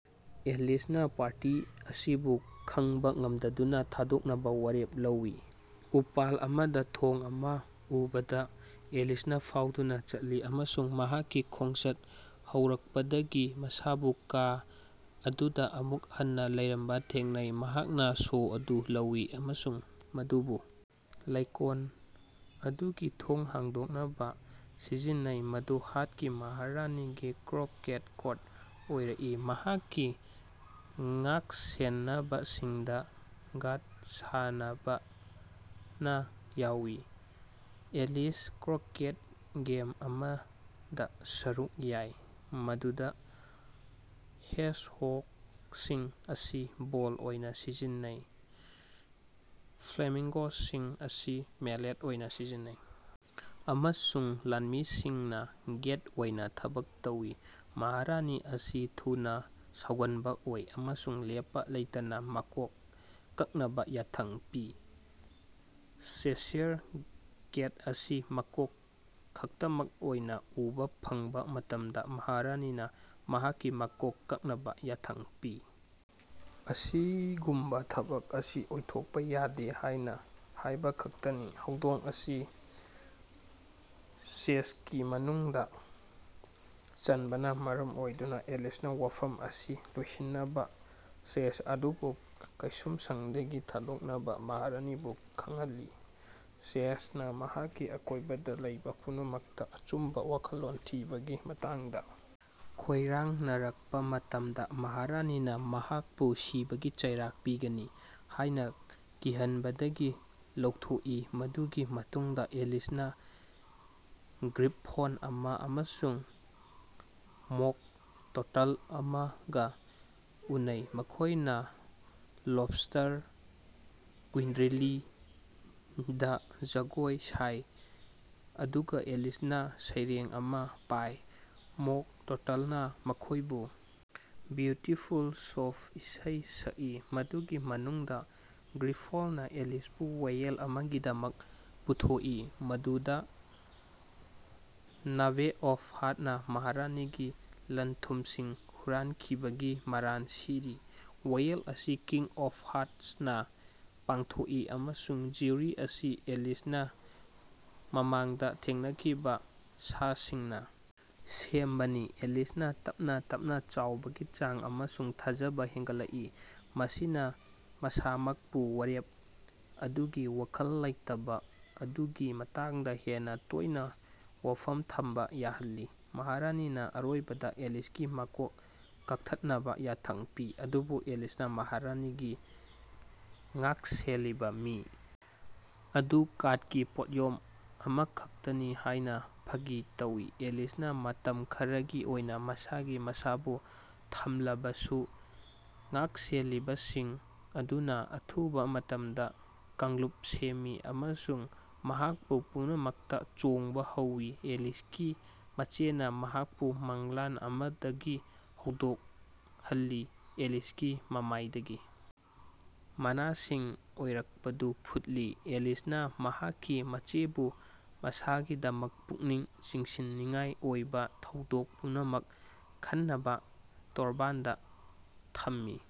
ꯑꯦꯂꯤꯁꯅ ꯄꯥꯔꯇꯤ ꯑꯁꯤꯕꯨ ꯈꯥꯡꯕ ꯉꯝꯗꯗꯨꯅ ꯊꯥꯗꯣꯛꯅꯕ ꯋꯥꯔꯦꯞ ꯂꯧꯋꯤ꯫ ꯎꯄꯥꯜ ꯑꯃꯗ ꯊꯣꯡ ꯑꯃ ꯎꯕꯗ, ꯑꯦꯂꯤꯁꯅ ꯐꯥꯎꯗꯨꯅ ꯆꯠꯂꯤ ꯑꯃꯁꯨꯡ ꯃꯍꯥꯛꯀꯤ ꯈꯣꯡꯆꯠ ꯍꯧꯔꯛꯄꯗꯒꯤ ꯃꯁꯥꯕꯨ ꯀꯥ ꯑꯗꯨꯗ ꯑꯃꯨꯛ ꯍꯟꯅ ꯂꯩꯔꯝꯕ ꯊꯦꯡꯅꯩ꯫ ꯃꯍꯥꯛꯅ ꯁꯣ ꯑꯗꯨ ꯂꯧꯋꯤ ꯑꯃꯁꯨꯡ ꯃꯗꯨꯕꯨ ꯂꯩꯀꯣꯜ ꯑꯗꯨꯒꯤ ꯊꯣꯡ ꯍꯥꯡꯗꯣꯛꯅꯕ ꯁꯤꯖꯤꯟꯅꯩ ꯃꯗꯨ ꯍꯥꯔ꯭ꯠꯁꯀꯤ ꯃꯍꯥꯔꯥꯅꯤꯒꯤ ꯀ꯭ꯔꯣꯀꯦꯠ ꯀꯣꯔꯠ ꯑꯣꯏꯔꯛꯏ ꯃꯍꯥꯛꯀꯤ ꯉꯥꯛꯁꯦꯜꯂꯤꯕꯁꯤꯡꯗ ꯀꯥꯔ꯭ꯗ ꯁꯥꯟꯅꯕꯅ ꯌꯥꯎꯋꯤ꯫ ꯑꯦꯂꯤꯁꯅ ꯀ꯭ꯔꯣꯀꯦꯠ ꯒꯦꯝ ꯑꯃꯗ ꯁꯔꯨꯛ ꯌꯥꯏ, ꯃꯗꯨꯗ ꯍꯦꯖꯍꯣꯒꯁꯤꯡ ꯑꯁꯤ ꯕꯣꯜ ꯑꯣꯏꯅ ꯁꯤꯖꯤꯟꯅꯩ, ꯐ꯭ꯂꯦꯃꯤꯡꯒꯣꯁꯤꯡ ꯑꯁꯤ ꯃꯦꯂꯦꯠ ꯑꯣꯏꯅ ꯁꯤꯖꯤꯟꯅꯩ, ꯑꯃꯁꯨꯡ ꯂꯥꯟꯃꯤꯁꯤꯡꯅ ꯒꯦꯠ ꯑꯣꯏꯅ ꯊꯕꯛ ꯇꯧꯏ꯫ ꯃꯍꯥꯔꯥꯅꯤ ꯑꯁꯤ ꯊꯨꯅ ꯁꯥꯎꯒꯟꯕ ꯑꯣꯏ ꯑꯃꯁꯨꯡ ꯂꯦꯞꯄ ꯂꯩꯇꯅ ꯃꯀꯣꯛ ꯀꯛꯅꯕ ꯌꯥꯊꯪ ꯄꯤ꯫ ꯁꯦꯁꯤꯌꯔ ꯀꯦꯠ ꯑꯁꯤ ꯃꯀꯣꯛ ꯈꯛꯇꯃꯛ ꯑꯣꯏꯅ ꯎꯕ ꯐꯪꯕ ꯃꯇꯝꯗ, ꯃꯍꯥꯔꯥꯅꯤꯅ ꯃꯍꯥꯛꯀꯤ ꯃꯀꯣꯛ ꯀꯛꯅꯕ ꯌꯥꯊꯪ ꯄꯤ, ꯑꯁꯤꯒꯨꯝꯕ ꯊꯕꯛ ꯑꯁꯤ ꯑꯣꯏꯊꯣꯛꯄ ꯌꯥꯗꯦ ꯍꯥꯏꯅ ꯍꯥꯏꯕꯈꯛꯇꯅꯤ꯫ ꯍꯧꯗꯣꯡ ꯑꯁꯤ ꯗꯆꯦꯁꯀꯤ ꯃꯅꯨꯡ ꯆꯟꯕꯅ ꯃꯔꯝ ꯑꯣꯏꯗꯨꯅ, ꯑꯦꯂꯤꯁꯅ ꯋꯥꯐꯝ ꯑꯁꯤ ꯂꯣꯏꯁꯤꯟꯅꯕ ꯗꯆꯦꯁ ꯑꯗꯨꯕꯨ ꯀꯩꯁꯨꯝꯁꯪꯗꯒꯤ ꯊꯥꯗꯣꯛꯅꯕ ꯃꯍꯥꯔꯥꯅꯤꯕꯨ ꯈꯪꯍꯜꯂꯤ꯫ ꯗꯆꯦꯁꯅ ꯃꯍꯥꯛꯀꯤ ꯑꯀꯣꯏꯕꯗ ꯂꯩꯕ ꯄꯨꯝꯅꯃꯛꯇ ꯑꯆꯨꯝꯕ ꯋꯥꯈꯜꯂꯣꯟ ꯊꯤꯕꯒꯤ ꯃꯇꯥꯡꯗ ꯈꯣꯏꯔꯥꯡꯅꯔꯛꯄ ꯃꯇꯝꯗ, ꯃꯍꯥꯔꯥꯅꯤꯅ ꯃꯍꯥꯛꯄꯨ ꯁꯤꯕꯒꯤ ꯆꯩꯔꯥꯛ ꯄꯤꯒꯅꯤ ꯍꯥꯏꯅ ꯀꯤꯍꯟꯕꯗꯒꯤ ꯂꯧꯊꯣꯛꯏ꯫ ꯃꯗꯨꯒꯤ ꯃꯇꯨꯡꯗ ꯑꯦꯂꯤꯁꯅ ꯒ꯭ꯔꯤꯐꯣꯟ ꯑꯃ ꯑꯃꯁꯨꯡ ꯃꯣꯛ ꯇꯔꯇꯜ ꯑꯃꯒ ꯎꯅꯩ, ꯃꯈꯣꯏꯅ ꯂꯣꯕꯁꯇꯔ ꯀ꯭ꯋꯤꯟꯗ꯭ꯔꯦꯂꯤꯗ ꯖꯒꯣꯏ ꯁꯥꯏ ꯑꯗꯨꯒ ꯑꯦꯂꯤꯁꯅ ꯁꯩꯔꯦꯡ ꯑꯃ ꯄꯥꯏ꯫ ꯃꯣꯛ ꯇꯔꯇꯜꯅ ꯃꯈꯣꯏꯕꯨ ꯕ꯭ꯌꯨꯇꯤꯐꯨꯜ ꯁꯨꯞ ꯏꯁꯩ ꯁꯛꯏ ꯃꯗꯨꯒꯤ ꯃꯅꯨꯡꯗ ꯒ꯭ꯔꯤꯐꯣꯟꯅ ꯑꯦꯂꯤꯁꯄꯨ ꯋꯥꯌꯦꯜ ꯑꯃꯒꯤꯗꯃꯛ ꯄꯨꯊꯣꯛꯏ, ꯃꯗꯨꯗ ꯅꯥꯚꯦ ꯑꯣꯐ ꯍꯥꯔ꯭ꯠꯁꯅ ꯃꯍꯥꯔꯥꯅꯤꯒꯤ ꯂꯟꯊꯨꯝꯁꯤꯡ ꯍꯨꯔꯥꯟꯈꯤꯕꯒꯤ ꯃꯔꯥꯜ ꯁꯤꯔꯤ꯫ ꯋꯥꯌꯦꯜ ꯑꯁꯤ ꯀꯤꯡ ꯑꯣꯐ ꯍꯥꯔ꯭ꯠꯁꯅ ꯄꯥꯡꯊꯣꯛꯏ, ꯑꯃꯁꯨꯡ ꯖꯨꯔꯤ ꯑꯁꯤ ꯑꯦꯂꯤꯁꯅ ꯃꯃꯥꯡꯗ ꯊꯦꯡꯅꯈꯤꯕ ꯁꯥꯁꯤꯡꯅ ꯁꯦꯝꯕꯅꯤ꯫ ꯑꯦꯂꯤꯁꯅ ꯇꯞꯅ-ꯇꯞꯅ ꯆꯥꯎꯕꯒꯤ ꯆꯥꯡ ꯑꯃꯁꯨꯡ ꯊꯥꯖꯕ ꯍꯦꯟꯒꯠꯂꯛꯏ, ꯃꯁꯤꯅ ꯃꯁꯥꯃꯛꯄꯨ ꯋꯥꯔꯦꯞ ꯑꯗꯨꯒꯤ ꯋꯥꯈꯜ ꯂꯩꯇꯕ ꯑꯗꯨꯒꯤ ꯃꯇꯥꯡꯗ ꯍꯦꯟꯅ ꯇꯣꯏꯅ ꯋꯥꯐꯝ ꯊꯝꯕ ꯌꯥꯍꯜꯂꯤ꯫ ꯃꯍꯥꯔꯥꯅꯤꯅ ꯑꯔꯣꯏꯕꯗ ꯑꯦꯂꯤꯁꯀꯤ ꯃꯀꯣꯛ ꯀꯛꯊꯠꯅꯕ ꯌꯥꯊꯪ ꯄꯤ, ꯑꯗꯨꯕꯨ ꯑꯦꯂꯤꯁꯅ ꯃꯍꯥꯔꯥꯅꯤꯒꯤ ꯉꯥꯛꯁꯦꯜꯂꯤꯕ ꯃꯤ ꯑꯗꯨ ꯀꯥꯔ꯭ꯗꯀꯤ ꯄꯣꯠꯌꯣꯝ ꯑꯃꯈꯛꯇꯅꯤ ꯍꯥꯏꯅ ꯐꯥꯒꯤ ꯇꯧꯋꯤ꯫ ꯑꯦꯂꯤꯁꯅ ꯃꯇꯝ ꯈꯔꯒꯤ ꯑꯣꯏꯅ ꯃꯁꯥꯒꯤ ꯃꯁꯥꯕꯨ ꯊꯝꯂꯕꯁꯨ ꯉꯥꯛꯁꯦꯜꯂꯤꯕꯁꯤꯡ ꯑꯗꯨꯅ ꯑꯊꯨꯕ ꯃꯇꯝꯗ ꯀꯥꯡꯂꯨꯞ ꯁꯦꯝꯃꯤ ꯑꯃꯁꯨꯡ ꯃꯍꯥꯛꯄꯨ ꯄꯨꯝꯅꯃꯛꯇ ꯆꯣꯡꯕ ꯍꯧꯋꯤ꯫ ꯑꯦꯂꯤꯁꯀꯤ ꯃꯆꯦꯅ ꯃꯍꯥꯛꯄꯨ ꯃꯪꯂꯥꯟ ꯑꯃꯗꯒꯤ ꯍꯧꯗꯣꯛꯍꯜꯂꯤ, ꯑꯦꯂꯤꯁꯀꯤ ꯃꯃꯥꯏꯗꯒꯤ ꯃꯅꯥꯁꯤꯡ ꯑꯣꯏꯔꯛꯄꯗꯨ ꯐꯨꯠꯂꯤ꯫ ꯑꯦꯂꯤꯁꯅ ꯃꯍꯥꯛꯀꯤ ꯃꯆꯦꯕꯨ ꯃꯁꯥꯒꯤꯗꯃꯛ ꯄꯨꯛꯅꯤꯡ ꯆꯤꯡꯁꯤꯟꯅꯤꯡꯉꯥꯏ ꯑꯣꯏꯕ ꯊꯧꯗꯣꯛ ꯄꯨꯝꯅꯃꯛ ꯈꯟꯅꯕ ꯇꯣꯔꯕꯥꯟꯗ ꯊꯝꯃꯤ꯫